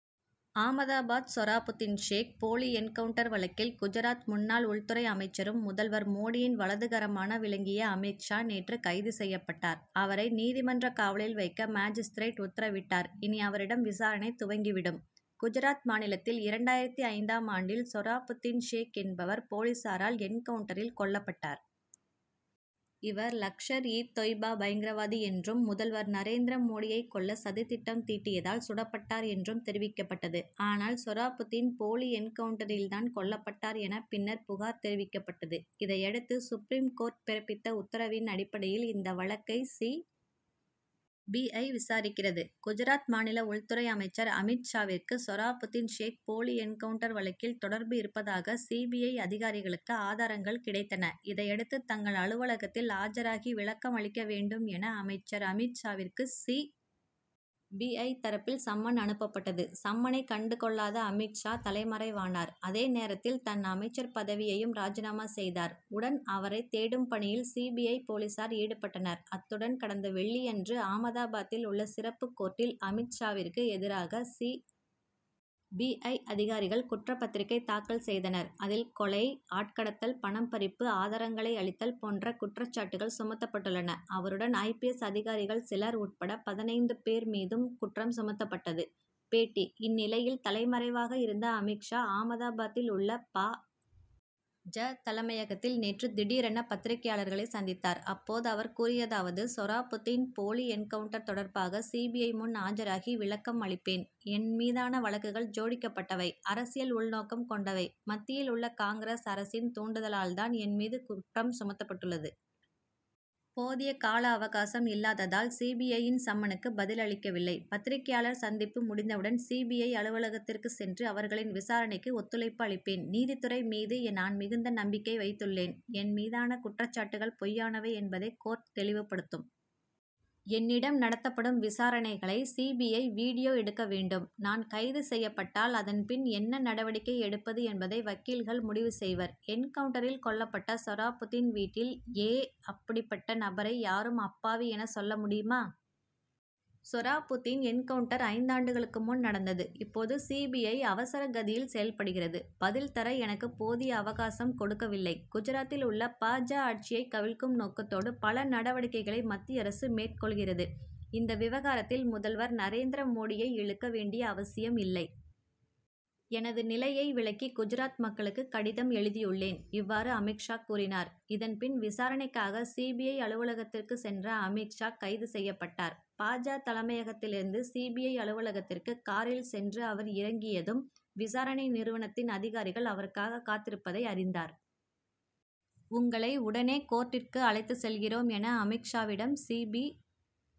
ஆமதாபாத்சொராபுதீன் ஷேக் போலி என்கவுன்டர் வழக்கில், குஜராத் முன்னாள் உள்துறை அமைச்சரும் முதல்வர் மோடியின் வலதுகரமாக விளங்கிய அமீத் ஷா நேற்று கைது செய்யப்பட்டார். அவரை, நீதிமன்றக் காவலில் வைக்க மாஜிஸ்திரேட் உத்தரவிட்டார். இனி அவரிடம் விசாரணை துவங்கி விடும். குஜராத் மாநிலத்தில், இரண்டாயிரத்து ஐந்தாம் ஆண்டில் சொராபுதீன் ஷேக் என்பவர் போலீசாரால் என்கவுன்டரில் கொல்லப்பட்டார். இவர், லஷ்கர் -இ தொய்பா பயங்கரவாதி என்றும், முதல்வர் நரேந்திர மோடியை கொல்ல சதித் திட்டம் தீட்டியதால் சுடப்பட்டார் என்றும் தெரிவிக்கப்பட்டது. ஆனால், சொராபுதீன் போலி என்கவுன்டரில் தான் கொல்லப்பட்டார் என, பின்னர் புகார் தெரிவிக்கப்பட்டது. இதையடுத்து, சுப்ரீம் கோர்ட் பிறப்பித்த உத்தரவின் அடிப்படையில், இந்த வழக்கை சி. பி. ஐ., விசாரிக்கிறது. குஜராத் மாநில உள்துறை அமைச்சர் அமீத் ஷாவிற்கு, சொராபுதீன் ஷேக் போலி என்கவுன்டர் வழக்கில் தொடர்பு இருப்பதாக சி. பி. ஐ., அதிகாரிகளுக்கு ஆதாரங்கள் கிடைத்தன. இதையடுத்து, தங்கள் அலுவலகத்தில் ஆஜராகி விளக்கம் அளிக்க வேண்டும் என, அமைச்சர் அமீத் ஷாவிற்கு சி. பி. ஐ., தரப்பில் சம்மன் அனுப்பப்பட்டது. சம்மனை கண்டு கொள்ளாத அமீத் ஷா, தலைமறைவானார். அதேநேரத்தில், தன் அமைச்சர் பதவியையும் ராஜினாமா செய்தார். உடன், அவரைத் தேடும் பணியில் சி. பி. ஐ., போலீசார் ஈடுபட்டனர். அத்துடன் கடந்த வெள்ளியன்று ஆமதாபாத்தில் உள்ள சிறப்பு கோர்ட்டில், அமீத் ஷாவிற்கு எதிராக சி. பி. ஐ., அதிகாரிகள் குற்றப்பத்திரிகை தாக்கல் செய்தனர். அதில், கொலை, ஆட்கடத்தல், பணம் பறிப்பு, ஆதாரங்களை அழித்தல் போன்ற குற்றச்சாட்டுக்கள் சுமத்தப்பட்டுள்ளன. அவருடன் ஐ. பி. எஸ்., அதிகாரிகள் சிலர் உட்பட பதினைந்து பேர் மீதும் குற்றம் சுமத்தப்பட்டது. பேட்டி இந்நிலையில், தலைமறைவாக இருந்த அமீத் ஷா, ஆமதாபாத்தில் உள்ள ப. ஜ., தலைமையகத்தில் நேற்று திடீரென பத்திரிகையாளர்களைச் சந்தித்தார். அப்போது அவர் கூறியதாவதுசொராபுதீன் போலி என்கவுன்டர் தொடர்பாக, சி. பி. ஐ., முன் ஆஜராகி விளக்கம் அளிப்பேன். என் மீதான வழக்குகள் ஜோடிக்கப்பட்டவை. அரசியல் உள்நோக்கம் கொண்டவை. மத்தியில் உள்ள காங்கிரஸ் அரசின் தூண்டுதலால் தான் என் மீது குற்றம் சுமத்தப்பட்டுள்ளது. போதிய கால அவகாசம் இல்லாததால், சி. பி. ஐ.,யின் சம்மனுக்கு பதில் அளிக்கவில்லை. பத்திரிகையாளர் சந்திப்பு முடிந்தவுடன் சி. பி. ஐ., அலுவலகத்திற்கு சென்று, அவர்களின் விசாரணைக்கு ஒத்துழைப்பு அளிப்பேன். நீதித்துறை மீது நான் மிகுந்த நம்பிக்கை வைத்துள்ளேன். என் மீதான குற்றச்சாட்டுக்கள் பொய்யானவை என்பதை கோர்ட் தெளிவுபடுத்தும். என்னிடம் நடத்தப்படும் விசாரணைகளை சி. பி. ஐ., வீடியோ எடுக்க வேண்டும். நான் கைது செய்யப்பட்டால், அதன் பின் என்ன நடவடிக்கை எடுப்பது என்பதை வக்கீல்கள் முடிவு செய்வர். என்கவுன்டரில் கொல்லப்பட்ட சொராபுதீன் வீட்டில் ஏ. அப்படிப்பட்ட நபரை யாரும் அப்பாவி என சொல்ல முடியுமா? சொராபுதீன் என்கவுன்டர் ஐந்து ஆண்டுகளுக்கு முன் நடந்தது. இப்போது சி. பி. ஐ., அவசர கதியில் செயல்படுகிறது. பதில் தர எனக்கு போதிய அவகாசம் கொடுக்கவில்லை. குஜராத்தில் உள்ள பா. ஜ., ஆட்சியை கவிழ்க்கும் நோக்கத்தோடு பல நடவடிக்கைகளை மத்திய அரசு மேற்கொள்கிறது. இந்த விவகாரத்தில் முதல்வர் நரேந்திர மோடியை இழுக்க வேண்டிய அவசியம் இல்லை. எனது நிலையை விளக்கி குஜராத் மக்களுக்கு கடிதம் எழுதியுள்ளேன். இவ்வாறு அமீத் ஷா கூறினார். இதன்பின் விசாரணைக்காக சி. பி. ஐ., அலுவலகத்திற்கு சென்ற அமீத் ஷா, கைது செய்யப்பட்டார். பா. ஜ., தலைமையகத்திலிருந்து சி. பி. ஐ., அலுவலகத்திற்கு காரில் சென்று அவர் இறங்கியதும், விசாரணை நிறுவனத்தின் அதிகாரிகள் அவருக்காக காத்திருப்பதை அறிந்தார். உங்களை உடனே கோர்ட்டிற்கு அழைத்துச் செல்கிறோம் என, அமீத் ஷாவிடம் சி. பி.